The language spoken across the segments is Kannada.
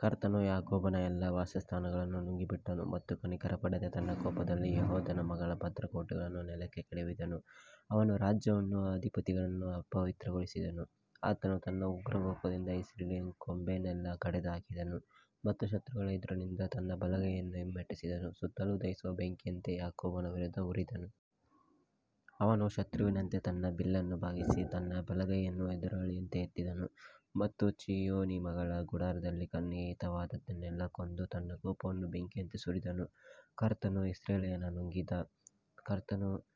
ಕರ್ತನು ಯಾಕೋಬನ ಎಲ್ಲಾ ವಾಸಸ್ಥಾನಗಳನ್ನು ನುಂಗಿಬಿಟ್ಟನು ಮತ್ತು ಕನಿಕರಪಡದೆ ತನ್ನ ಕೋಪದಲ್ಲಿ ಯೆಹೂದದ ಮಗಳ ಭದ್ರಕೋಟೆಗಳನ್ನು ನೆಲಕ್ಕೆ ಕೆಡವಿದನು, ಅವನು ರಾಜ್ಯವನ್ನೂ ಅದರ ಅಧಿಪತಿಗಳನ್ನೂ ಅಪವಿತ್ರಗೊಳಿಸಿದನು. ಆತನು ತನ್ನ ಉಗ್ರಕೋಪದಿಂದ ಇಸ್ರಾಯೇಲಿನ ಕೊಂಬನ್ನೆಲ್ಲಾ ಕಡಿದುಹಾಕಿದನು ಮತ್ತು ಶತ್ರುಗಳ ಎದುರಿನಿಂದ ತನ್ನ ಬಲಗೈಯನ್ನು ಹಿಮ್ಮೆಟ್ಟಿಸಿದನು, ಸುತ್ತಲೂ ದಹಿಸುವ ಬೆಂಕಿಯಂತೆ ಯಾಕೋಬನ ವಿರುದ್ಧ ಉರಿದನು. ಅವನು ಶತ್ರುವಿನಂತೆ ತನ್ನ ಬಿಲ್ಲನ್ನು ಬಾಗಿಸಿ ತನ್ನ ಬಲಗೈಯನ್ನು ಎದುರಾಳಿಯಂತೆ ಎತ್ತಿದನು ಮತ್ತು ಚೀಯೋನಿನ ಮಗಳ ಗುಡಾರದಲ್ಲಿ ಕಣ್ಣಿಗೆ ಹಿತವಾದದ್ದನ್ನೆಲ್ಲಾ ಕೊಂದು ತನ್ನ ಕೋಪವನ್ನು ಬೆಂಕಿಯಂತೆ ಸುರಿಸಿದನು. ಕರ್ತನು ಇಸ್ರಾಯೇಲನ್ನು ನುಂಗಿದ ಶತ್ರುವಿನಂತೆ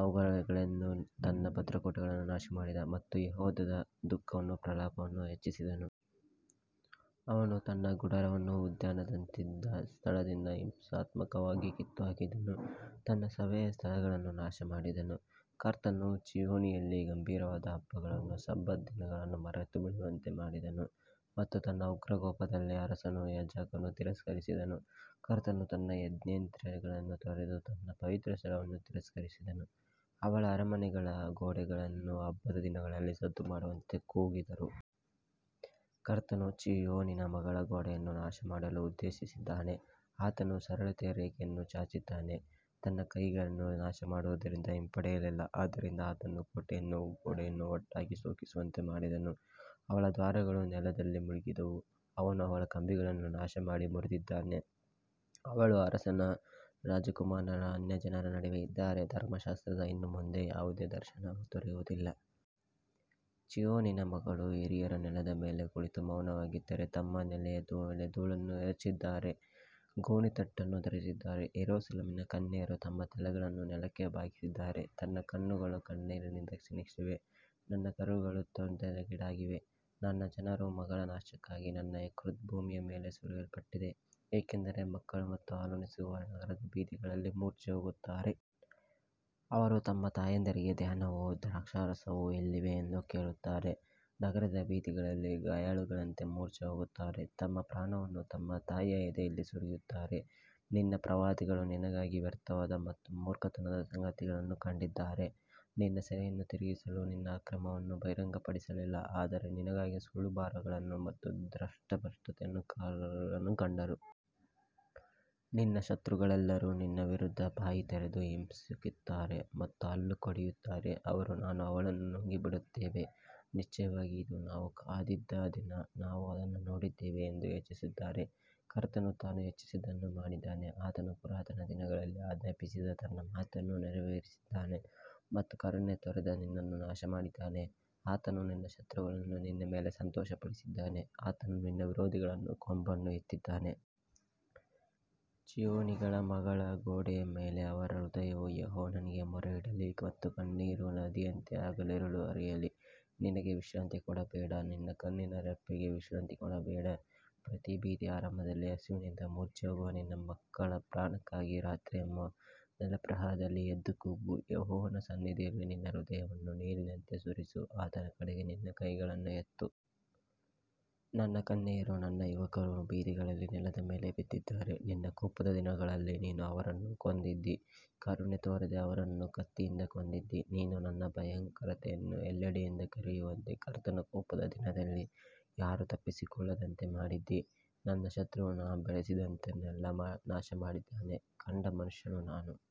ಅವಳ ಅರಮನೆಗಳನ್ನೆಲ್ಲಾ ನುಂಗಿದನು, ತನ್ನ ಭದ್ರಕೋಟೆಗಳನ್ನು ನಾಶಮಾಡಿದನು ಮತ್ತು ಯೆಹೂದದ ಮಗಳಲ್ಲಿ ದುಃಖವನ್ನೂ ಪ್ರಲಾಪವನ್ನೂ ಹೆಚ್ಚಿಸಿದನು. ಅವನು ತನ್ನ ಗುಡಾರವನ್ನು ಉದ್ಯಾನದಂತಿದ್ದ ಸ್ಥಳದಿಂದ ಹಿಂಸಾತ್ಮಕವಾಗಿ ಕಿತ್ತುಹಾಕಿದನು, ತನ್ನ ಸಭೆಯ ಸ್ಥಳಗಳನ್ನು ನಾಶಮಾಡಿದನು, ಕರ್ತನು ಚೀಯೋನಿನಲ್ಲಿ ಗಂಭೀರವಾದ ಹಬ್ಬಗಳನ್ನೂ ಸಬ್ಬತ್ ದಿನಗಳನ್ನೂ ಮರೆತುಬಿಡುವಂತೆ ಮಾಡಿದನು ಮತ್ತು ತನ್ನ ಉಗ್ರಕೋಪದಲ್ಲಿ ಅರಸನನ್ನೂ ಯಾಜಕನನ್ನೂ ತಿರಸ್ಕರಿಸಿದನು. ಕರ್ತನು ತನ್ನ ಯಜ್ಞವೇದಿಯನ್ನು ತೊರೆದು ತನ್ನ ಪವಿತ್ರಸ್ಥಳವನ್ನು ತಿರಸ್ಕರಿಸಿದನು, ಅವಳ ಅರಮನೆಗಳ ಗೋಡೆಗಳನ್ನು ಶತ್ರುಗಳ ಕೈಗೆ ಒಪ್ಪಿಸಿದನು, ಅವರು ಕರ್ತನ ಆಲಯದಲ್ಲಿ ಹಬ್ಬದ ದಿನದಲ್ಲಿ ಸದ್ದು ಮಾಡುವಂತೆ ಕೂಗಿದರು. ಕರ್ತನು ಚೀಯೋನಿನ ಮಗಳ ಗೋಡೆಯನ್ನು ನಾಶಮಾಡಲು ಉದ್ದೇಶಿಸಿದ್ದಾನೆ, ಆತನು ಅಳತೆಯ ರೇಖೆಯನ್ನು ಚಾಚಿದ್ದಾನೆ, ತನ್ನ ಕೈಯನ್ನು ನಾಶಮಾಡುವುದರಿಂದ ಹಿಂಪಡೆಯಲಿಲ್ಲ, ಆದ್ದರಿಂದ ಆತನು ಕೋಟೆಯನ್ನೂ ಗೋಡೆಯನ್ನೂ ಒಟ್ಟಾಗಿ ಶೋಕಿಸುವಂತೆ ಮಾಡಿದನು. ಅವಳ ದ್ವಾರಗಳು ನೆಲದಲ್ಲಿ ಮುಳುಗಿವೆ, ಅವನು ಅವಳ ಕಂಬಿಗಳನ್ನು ನಾಶಮಾಡಿ ಮುರಿದಿದ್ದಾನೆ, ಅವಳ ಅರಸನೂ ಅವಳ ರಾಜಕುಮಾರರೂ ಅನ್ಯಜನರ ನಡುವೆ ಇದ್ದಾರೆ, ಧರ್ಮಶಾಸ್ತ್ರವು ಇನ್ನು ಮುಂದೆ ಇಲ್ಲ, ಅವಳ ಪ್ರವಾದಿಗಳಿಗೂ ಯೆಹೋವನಿಂದ ಯಾವುದೇ ದರ್ಶನ ದೊರೆಯುವುದಿಲ್ಲ. ಚೀಯೋನಿನ ಮಗಳ ಹಿರಿಯರು ನೆಲದ ಮೇಲೆ ಕುಳಿತು ಮೌನವಾಗಿದ್ದಾರೆ, ತಮ್ಮ ತಲೆಯ ಮೇಲೆ ಧೂಳನ್ನು ಎರಚಿಕೊಂಡಿದ್ದಾರೆ, ಗೋಣಿತಟ್ಟನ್ನು ಧರಿಸಿದ್ದಾರೆ, ಯೆರೂಸಲೇಮಿನ ಕನ್ಯೆಯರು ತಮ್ಮ ತಲೆಗಳನ್ನು ನೆಲಕ್ಕೆ ಬಾಗಿಸಿದ್ದಾರೆ. ನನ್ನ ಕಣ್ಣುಗಳು ಕಣ್ಣೀರಿನಿಂದ ಕ್ಷೀಣಿಸಿವೆ, ನನ್ನ ಕರುಳುಗಳು ತೊಂದರೆಗೀಡಾಗಿವೆ, ನನ್ನ ಜನರ ಮಗಳ ನಾಶಕ್ಕಾಗಿ ನನ್ನ ಯಕೃತ್ತು ಭೂಮಿಯ ಮೇಲೆ ಸುರಿಯಲ್ಪಟ್ಟಿದೆ, ಏಕೆಂದರೆ ಮಕ್ಕಳು ಮತ್ತು ಹಾಲುಣಿಸುವವರು ನಗರದ ಬೀದಿಗಳಲ್ಲಿ ಮೂರ್ಛೆಹೋಗುತ್ತಾರೆ. ಅವರು ತಮ್ಮ ತಾಯಂದಿರಿಗೆ, ಧಾನ್ಯವೂ ದ್ರಾಕ್ಷಾರಸವೂ ಎಲ್ಲಿವೆ ಎಂದು ಕೇಳುತ್ತಾರೆ, ನಗರದ ಬೀದಿಗಳಲ್ಲಿ ಗಾಯಾಳುಗಳಂತೆ ಮೂರ್ಛೆಹೋಗುತ್ತಾರೆ, ತಮ್ಮ ಪ್ರಾಣವನ್ನು ತಮ್ಮ ತಾಯಿಯ ಎದೆಯಲ್ಲಿ ಸುರಿಯುತ್ತಾರೆ. ನಿನ್ನ ಪ್ರವಾದಿಗಳು ನಿನಗಾಗಿ ವ್ಯರ್ಥವಾದ ಮತ್ತು ಮೂರ್ಖತನದ ಸಂಗತಿಗಳನ್ನು ಕಂಡಿದ್ದಾರೆ, ನಿನ್ನ ಸೆರೆಯನ್ನು ತಿರುಗಿಸಲು ನಿನ್ನ ಅಕ್ರಮವನ್ನು ಬಹಿರಂಗಪಡಿಸಲಿಲ್ಲ, ಆದರೆ ನಿನಗಾಗಿ ಸುಳ್ಳು ಭಾರಗಳನ್ನು ಮತ್ತು ದೇಶಭ್ರಷ್ಟತೆಯ ಕಾರಣಗಳನ್ನು ಕಂಡರು. ನಿನ್ನ ಶತ್ರುಗಳೆಲ್ಲರೂ ನಿನ್ನ ವಿರುದ್ಧ ಬಾಯಿ ತೆರೆದು ಹಿಸುಕಿಕೊಳ್ಳುತ್ತಾರೆ ಮತ್ತು ಹಲ್ಲು ಕಡಿಯುತ್ತಾರೆ, ಅವರು, ನಾವು ಅವಳನ್ನು ನುಂಗಿಬಿಟ್ಟೆವು, ನಿಶ್ಚಯವಾಗಿ ಇದು ನಾವು ಕಾದಿದ್ದ ದಿನ, ನಾವು ಅದನ್ನು ನೋಡಿದ್ದೇವೆ ಎಂದು ಹೇಳುತ್ತಾರೆ. ಕರ್ತನು ತಾನು ಯೋಚಿಸಿದ್ದನ್ನು ಮಾಡಿದ್ದಾನೆ, ಆತನು ಪುರಾತನ ದಿನಗಳಲ್ಲಿ ಆಜ್ಞಾಪಿಸಿದ ತನ್ನ ಮಾತನ್ನು ನೆರವೇರಿಸಿದ್ದಾನೆ ಮತ್ತು ಕರುಣೆ ತೋರದೆ ನಿನ್ನನ್ನು ನಾಶಮಾಡಿದ್ದಾನೆ, ಆತನು ನಿನ್ನ ಶತ್ರುಗಳನ್ನು ನಿನ್ನ ಮೇಲೆ ಸಂತೋಷಪಡಿಸಿದ್ದಾನೆ, ಆತನು ನಿನ್ನ ವಿರೋಧಿಗಳ ಕೊಂಬನ್ನು ಎತ್ತಿದ್ದಾನೆ. ಚೀಯೋನಿನ ಮಗಳ ಗೋಡೆಯೇ, ಅವರ ಹೃದಯವು ಯೆಹೋವನಿಗೆ ಮೊರೆಯಿಡಲಿ, ಕಣ್ಣೀರು ನದಿಯಂತೆ ಹಗಲಿರುಳು ಹರಿಯಲಿ, ನಿನಗೆ ವಿಶ್ರಾಂತಿ ಕೊಡಬೇಡ, ನಿನ್ನ ಕಣ್ಣಿನ ರೆಪ್ಪೆಗೆ ವಿಶ್ರಾಂತಿ ಕೊಡಬೇಡ. ಪ್ರತಿ ಬೀದಿಯ ಆರಂಭದಲ್ಲಿ ಹಸಿವಿನಿಂದ ಮೂರ್ಛೆಹೋಗುವ ನಿನ್ನ ಚಿಕ್ಕ ಮಕ್ಕಳ ಪ್ರಾಣಕ್ಕಾಗಿ ರಾತ್ರಿಯ ಮೊದಲ ಪ್ರಹರದಲ್ಲಿ ಎದ್ದು ಕೂಗು, ಯೆಹೋವನ ಸನ್ನಿಧಿಯಲ್ಲಿ ನಿನ್ನ ಹೃದಯವನ್ನು ನೀರಿನಂತೆ ಸುರಿಸು, ಆತನ ಕಡೆಗೆ ನಿನ್ನ ಕೈಗಳನ್ನು ಎತ್ತು. ನನ್ನ ಕನ್ಯೆಯರೂ ನನ್ನ ಯುವಕರೂ ಬೀದಿಗಳಲ್ಲಿ ನೆಲದ ಮೇಲೆ ಬಿದ್ದಿದ್ದಾರೆ, ನಿನ್ನ ಕೋಪದ ದಿನದಲ್ಲಿ ನೀನು ಅವರನ್ನು ಕೊಂದಿದ್ದೀ, ಕರುಣೆ ತೋರದೆ ಅವರನ್ನು ಕತ್ತಿಯಿಂದ ಕೊಂದಿದ್ದೀ. ನೀನು ನನ್ನ ಭಯಂಕರತೆಯನ್ನು ಎಲ್ಲೆಡೆಯಿಂದ ಕರೆಯುವಂತೆ, ಕರ್ತನ ಕೋಪದ ದಿನದಲ್ಲಿ ಯಾರೂ ತಪ್ಪಿಸಿಕೊಳ್ಳದಂತೆ ಮಾಡಿದ್ದೀ, ನನ್ನ ಶತ್ರು ನಾನು ಬೆಳೆಸಿದವರನ್ನೆಲ್ಲಾ ನಾಶಮಾಡಿದ್ದಾನೆ. ತನ್ನ ಕ್ರೋಧದ ಕೋಲಿನಿಂದ ಸಂಕಟವನ್ನು ಕಂಡ ಮನುಷ್ಯನು ನಾನು.